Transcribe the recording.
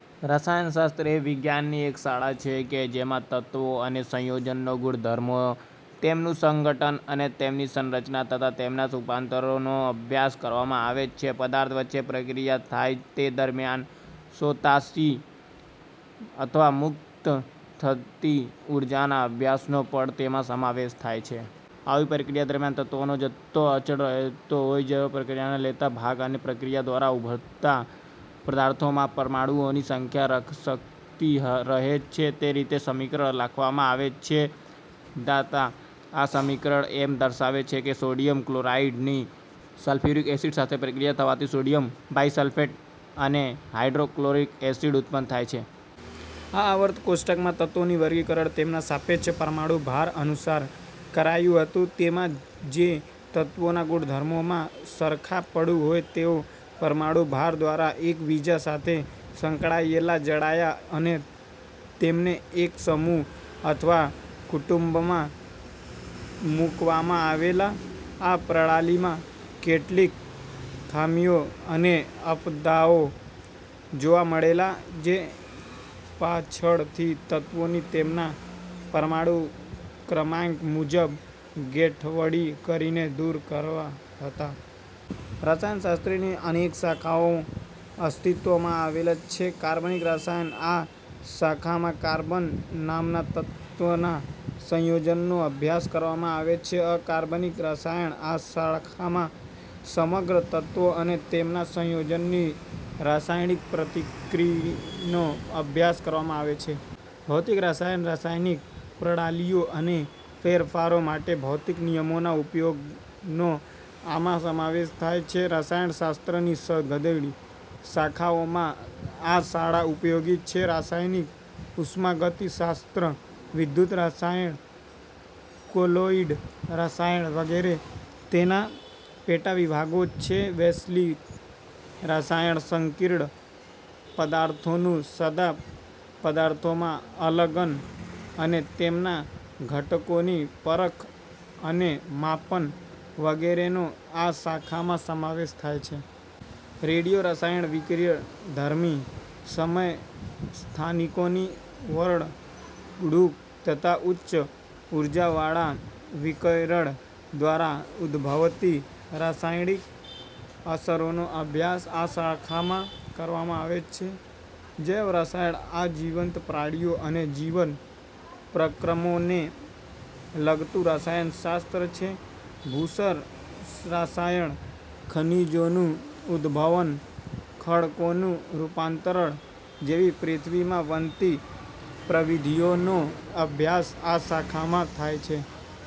રસાયણ શાસ્ત્ર એ વિજ્ઞાનની એક શાખા છે કે જેમાં તત્વો અને સંયોજનોના ગુણધર્મો, તેમનું સંઘટન અને તેમની સંરચના તથા તેમનાં રૂપાંતરોનો અભ્યાસ કરવામાં આવે છે. પદાર્થ વચ્ચે પ્રક્રિયા થાય તે દરમિયાન શોષાતી અથવા મુક્ત થતી ઊર્જાના અભ્યાસનો પણ તેમાં સમાવેશ થાય છે. આવી પ્રક્રિયા દરમિયાન તત્વોનો જથ્થો અચળ રહેતો હોઈ પ્રક્રિયામાં ભાગ લેતા અને પ્રક્રિયા દ્વારા ઉદભવતા પદાર્થોમાંના પરમાણુઓની સંખ્યા સરખી રહે તે રીતે સમીકરણ લખવામાં આવે છે; દા. ત., આ સમીકરણ એમ દર્શાવે છે કે સોડિયમ ક્લોરાઈડ ની સલ્ફ્યુરિક ઍસિડ સાથે પ્રક્રિયા થવાથી સોડિયમ બાઇસલ્ફેટ અને હાઇડ્રોક્લોરિક ઍસિડ ઉત્પન્ન થાય છે. આ આવર્ત કોષ્ટકમાં તત્વોનું વર્ગીકરણ તેમના સાપેક્ષ પરમાણુભાર અનુસાર કરાયું હતું. તેમાં જે તત્વોના ગુણધર્મોમાં સરખાપણું હોય તેઓ પરમાણુભાર દ્વારા એકબીજા સાથે સંકળાયેલા જણાયા અને તેમને એક સમૂહ અથવા કુટુંબમાં મૂકવામાં આવેલા. આ પ્રણાલીમાં કેટલીક ખામીઓ અને અપવાદો જોવા મળેલા, જે પાછળથી તત્વોની તેમના પરમાણુ ક્રમાંક મુજબ ગોઠવણી કરીને દૂર કરાયા હતા. રસાયણ શાસ્ત્રની અનેક શાખાઓ અસ્તિત્વમાં આવેલ છે: કાર્બનિક રસાયણ: આ શાખામાં કાર્બન નામના તત્વનાં સંયોજનોનો અભ્યાસ કરવામાં આવે છે. અકાર્બનિક રસાયણ: આ શાખામાં સમગ્ર તત્વો અને તેમનાં સંયોજનોની રાસાયણિક પ્રકૃતિનો અભ્યાસ કરવામાં આવે છે. ભૌતિક રસાયણ: રાસાયણિક પ્રણાલિઓ અને ફેરફારો માટે ભૌતિક નિયમોના ઉપયોગનો આમાં સમાવેશ થાય છે. રસાયણ શાસ્ત્રની સઘળી શાખાઓમાં આ શાખા ઉપયોગી છે. રાસાયણિક ઉષ્માગતિશાસ્ત્ર, વિદ્યુત-રસાયણ, કૉલોઇડ રસાયણ વગેરે તેના પેટાવિભાગો છે. વૈશ્લેષિક રસાયણ: સંકીર્ણ પદાર્થોનું સાદા પદાર્થોમાં અલગન અને તેમાંના ઘટકોની પરખ અને માપન વગેરેનો આ શાખામાં સમાવેશ થાય છે. રેડિયો-રસાયણ: વિકિરણધર્મી સમસ્થાનિકોની વર્તણૂક તથા ઉચ્ચ ઊર્જાવાળાં વિકિરણ દ્વારા ઉદભવતી રાસાયણિક અસરોનો અભ્યાસ આ શાખામાં કરવામાં આવે છે. જૈવરસાયણ: આ જીવંત પ્રાણીઓ અને જીવન-પ્રક્રમોને લગતું રસાયણ શાસ્ત્ર છે. ભૂરસાયણ: ખનિજોનું ઉદભવન, ખડકોનું રૂપાંતરણ જેવી પૃથ્વીમાં બનતી પ્રવિધિઓનો અભ્યાસ આ શાખામાં થાય છે.